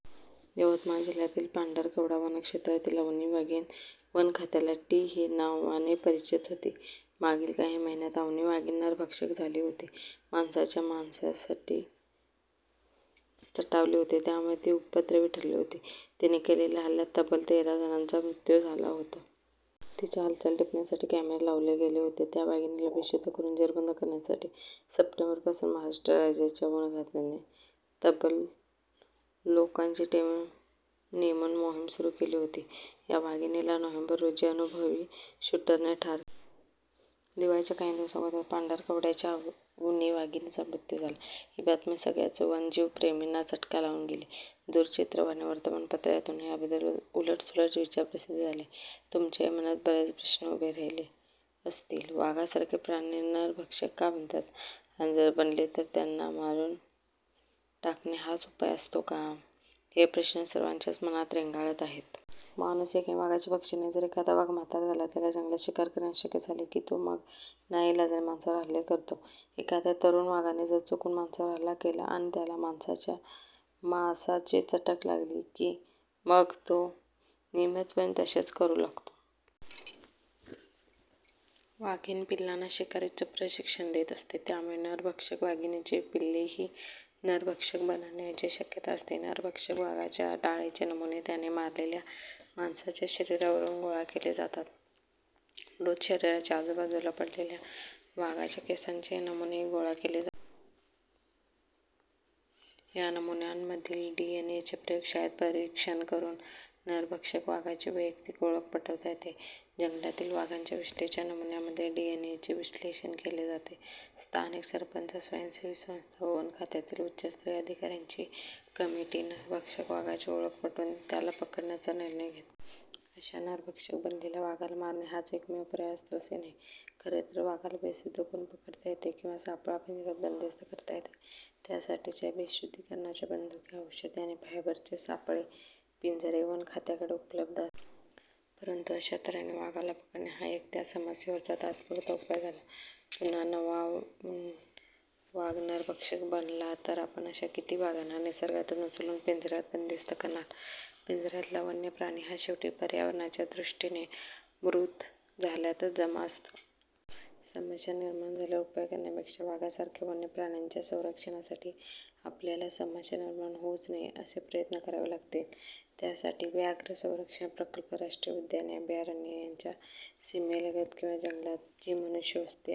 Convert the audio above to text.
यवतमाळ जिल्यातील पांढरकवडा वनक्षेत्रातील अवनी वाघीण वनखात्याला 'टी- ' हे नावाने परिचित होती. मागील काही महिन्यांत अवनी वाघीण नरभक्षक झाली होती. माणसाच्या मांसासाठी चटावली होती. त्यामुळे ती उपद्रवी ठरली होती. तिने केलेल्या हल्ल्यात तब्बल तेरा जणांचा मृत्यू झाला होता. तिच्या हालचाली टिपण्यासाठी कॅमेरे लावले गेले होते. त्या वाघिणीला बेशुद्ध करुन जेरबंद करण्यासाठी सप्टेंबरपासून महाराष्ट्र राज्याच्या वनखात्याने तब्बल लोकांची टीम नेमून मोहीम सुरू केली होती. या वाघिणीला नोव्हेंबर रोजी अनुभवी शूटरने ठार केले. दिवाळीच्या काही दिवस अगोदरच पांढरकवड्याच्या अवनी वाघिणीचा मृत्यू झाला. ही बातमी सगळ्याच वन्यजीवप्रेमींना चटका लावून गेली. दूरचित्रवाणी, वर्तमानपत्र यांतून याबद्दल उलटसुलट विचार प्रसिद्ध झाले. तुमच्याही मनात बरेच प्रश्न उभे राहिले असतील. वाघासारखे प्राणी नरभक्षक का बनतात, आणि जर बनले तर त्यांना मारून टाकणे हाच उपाय असतो का- हे प्रश्न सर्वांच्याच मनात रेंगाळत आहेत. माणूस हे काही वाघाचे भक्ष नाही. जर एखादा वाघ म्हातारा झाला, त्याला जंगलात शिकार करणे अशक्य झाले की तो मग नाईलाजाने माणसावर हल्ले करतो. एखाद्या तरुण वाघाने जर चुकून माणसावर हल्ला केला आणि त्याला माणसाच्या मांसाची चटक लागली की, मग तो नियमितपणे तसेच करू लागतो. वाघीण पिल्लांना शिकारीचं प्रशिक्षण देत असते. त्यामुळे नरभक्षक वाघिणीची पिल्लेही नरभक्षक बनण्याची शक्यता असते. नरभक्षक वाघाच्या लाळेचे नमुने त्याने मारलेल्या माणसाच्या शरीरावरून गोळा केले जातात. मृत शरीराच्या आजूबाजूला पडलेल्या वाघाच्या केसांचे नमुनेही गोळा केले जातात. या नमुन्यांमधील डी. एन. ए. चे प्रयोगशाळेत परीक्षण करून नरभक्षक वाघाची वैयक्तिक ओळख पटवता येते. जंगलातील वाघांच्या विष्ठेच्या नमुन्यांमधील डी. एन. ए. चे विश्लेषण केले जाते. स्थानिक सरपंच, स्वयंसेवी संस्था व वनखात्यातील उच्चस्तरीय अधिका-यांची कमिटी नरभक्षक वाघाची ओळख पटवून त्याला पकडण्याचा निर्णय घेते. अशा नरभक्षक बनलेल्या वाघाला मारणे हाच एकमेव पर्याय असतो असे नाही, खरेतर. वाघाला बेशुद्ध करून पकडता येते किंवा सापळा पिंज-यात बंदिस्त करता येते. त्यासाठीच्या बेशुद्धीकरणाच्या बंदुका, औषधे आणि फायबरचे सापळे, पिंजरे वनखात्याकडे उपलब्ध असतात. परंतु अशा त-हेने वाघाला पकडणे हा एक त्या समस्येवरचा तात्पुरता उपाय झाला. पुन्हा नवा वाघ नरभक्षक बनला तर आपण अशा किती वाघांना निसर्गातून उचलून पिंज-यात बंदिस्त करणार? पिंज-यातला वन्यप्राणी हा शेवटी पर्यावरणाच्या दृष्टीने मृत झाल्यातच जमा असतो. समस्या निर्माण झाल्यावर उपाय करण्यापेक्षा वाघासारख्या वन्यप्राण्यांच्या संरक्षणासाठी आपल्याला समस्या निर्माण होऊच नये असे प्रयत्न करावे लागतील. त्यासाठी व्याघ्र संरक्षण प्रकल्प, राष्ट्रीय उद्याने, अभयारण्ये यांच्या सीमेलगत किंवा जंगलात जी मनुष्यवस्ती आहे